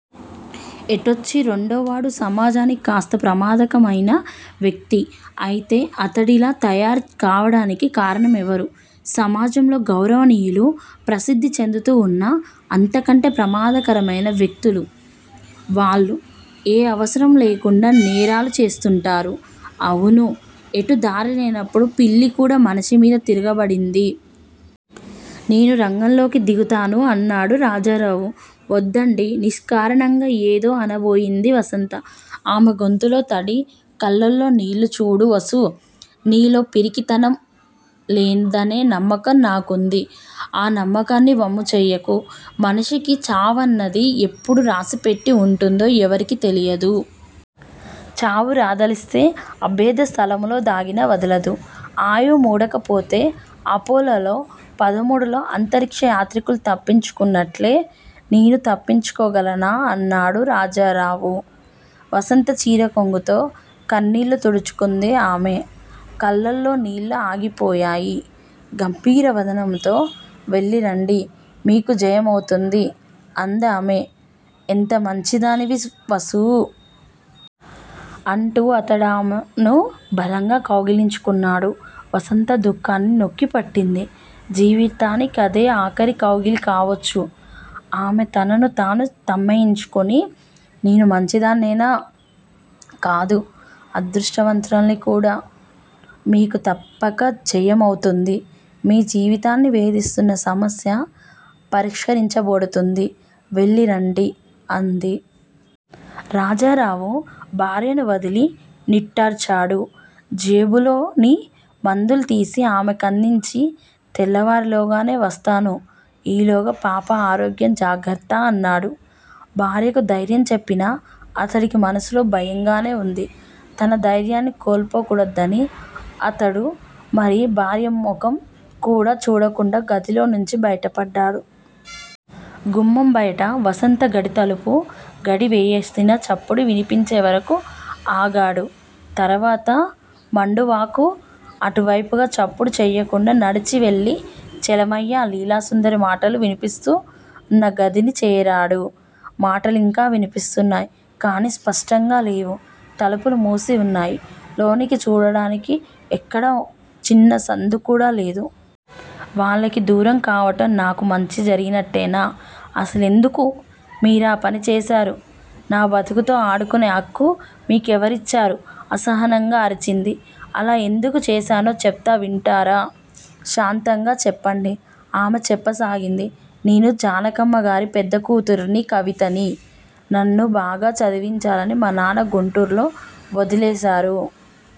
ఎటొచ్చీ రెండోవాడు సమాజనికి కాస్త ప్రమాదకరమయిన వ్యక్తి. అయితే అతడలా తయారు కావడానికి కారణమెవరు? సమాజంలో గౌరవనీయులుగా ప్రసిద్ధి చెందుతూ ఉన్న అంతకంటే ప్రమాదకరమయిన వ్యక్తులు, వాళ్ళు ఏ అవసరమూ లేకుండా నేరాలు చేస్తూంటారు. అవును. ఎటూ దారిలేనప్పుడు పిల్లి కూడా మనిషి మీద తిరగబడింది. నేను రంగంలోకి దిగుతాను అన్నాడు రాజారావు. వద్దండీ _ నిష్కారణంగా ఏదో అనబోయి ది వసంత. ఆమె గొంతులో తడి, కళ్ళలో నీళ్ళు చూడు వసూ! నీలో పిరికితనం లేదనే నమ్మకం నాకుంది. ఆ నమ్మకాన్ని వమ్ముచేయకు. మనిషికి చావన్నది ఎప్పుడు రాసిపెట్టి ఉంటుందో ఎవరికీ తెలియదు. చావు రాదలిస్తే అభేద్యస్థలంలో దాగినా వదలదు. ఆయువు మూడకపొతే _ అపోలో పదమూడులో అంతరిక్ష యాత్రికులు తప్పించుకున్నట్ట్లే నేనూ తప్పించుకోగలను అన్నాడు రాజారావు. వసంత చీరగోంగుతో కన్నీళ్ళు తుడుచుకుంది ఆమె కనులలో నీళ్ళు ఆగిపోయాయి. గంభీర వదనంతో __ వెళ్ళిరండి! మీకు జయమవుతుంది! అందామె. ఎంత మంచిదానివి వసూ! అంటూ అతడామెను బలంగా కౌగలించుకున్నాడు. వసంత దుఃఖాన్ని నొక్కిపట్టింది. జీవితానికదే ఆఖరి కౌగలి కావచ్చు. ఆమె తన్ను తాను తమాయించుకుని __ నెను మంచిదాన్నే కాదు __ అదృష్టవంతురాలిని కూడా. మీకు తప్పక జయమవుతుంది. మీ జీవితాన్ని వేధిస్తున్న సమస్య పరిష్కరించబడుతుంది. వెళ్ళిరండి __ అంది. రాజారావు భార్యను వదిలి నిట్టూర్చాడు. జేబులోని మందులు తీసి అమెకందించి _ తెల్లవారేలోగా వస్తాను. ఈలోగా పాప ఆరోగ్యం జాగ్రత్త! అన్నాడు. భార్యకు ధైర్య చెప్పినా అతడికీ మనసులో భయంగానే ఉంది. తన ధైర్యాన్ని కోల్పోకూడదని అతడు మరి భార్య ముఖం కూడా చూడకుండా గదిలోంచి బయటపడ్డాడు. గుమ్మం బయట వసంత గడితలుపు గడియవేసిన చప్పుడు వినిపించే వరకూ ఆగాడు. తర్వాత మండువాకు అటువైపుగా చప్పుడు చేయకుండా నడిచివెళ్ళి చలమయ్య, లీలాసుందరి మాటలు వినిపిస్తున్న గదిని చేరాడు. మాటలింకా వినిపిస్తున్నాయి కానీ స్పష్టంగా లేవు తలుపులు మూసి ఉన్నాయి. లోనికి చూడ్డానికి ఎక్కడా చిన్న సందు కూడా లేదు. వాళ్ళకి దూరం కావటం నాకు మంచి జరిగినట్టా? అసలెందుకు మీరా పని చేశారు? నా బ్రతుకుతో ఆడుకునే హక్కు మీ కెవరిచ్చారు? అసహనంగా అరిచింది. అలా ఎందుకు చేశానో చెబితేవింటారా శాంతంగా! చెప్పండి! ఆమె చెప్పసాగింది. నేను జానికమ్మగారి పెద్దకూతురిని కవితని. నన్ను బాగా చదివించాలని మా నాన్న గుంటూరులో వదిలేశారు.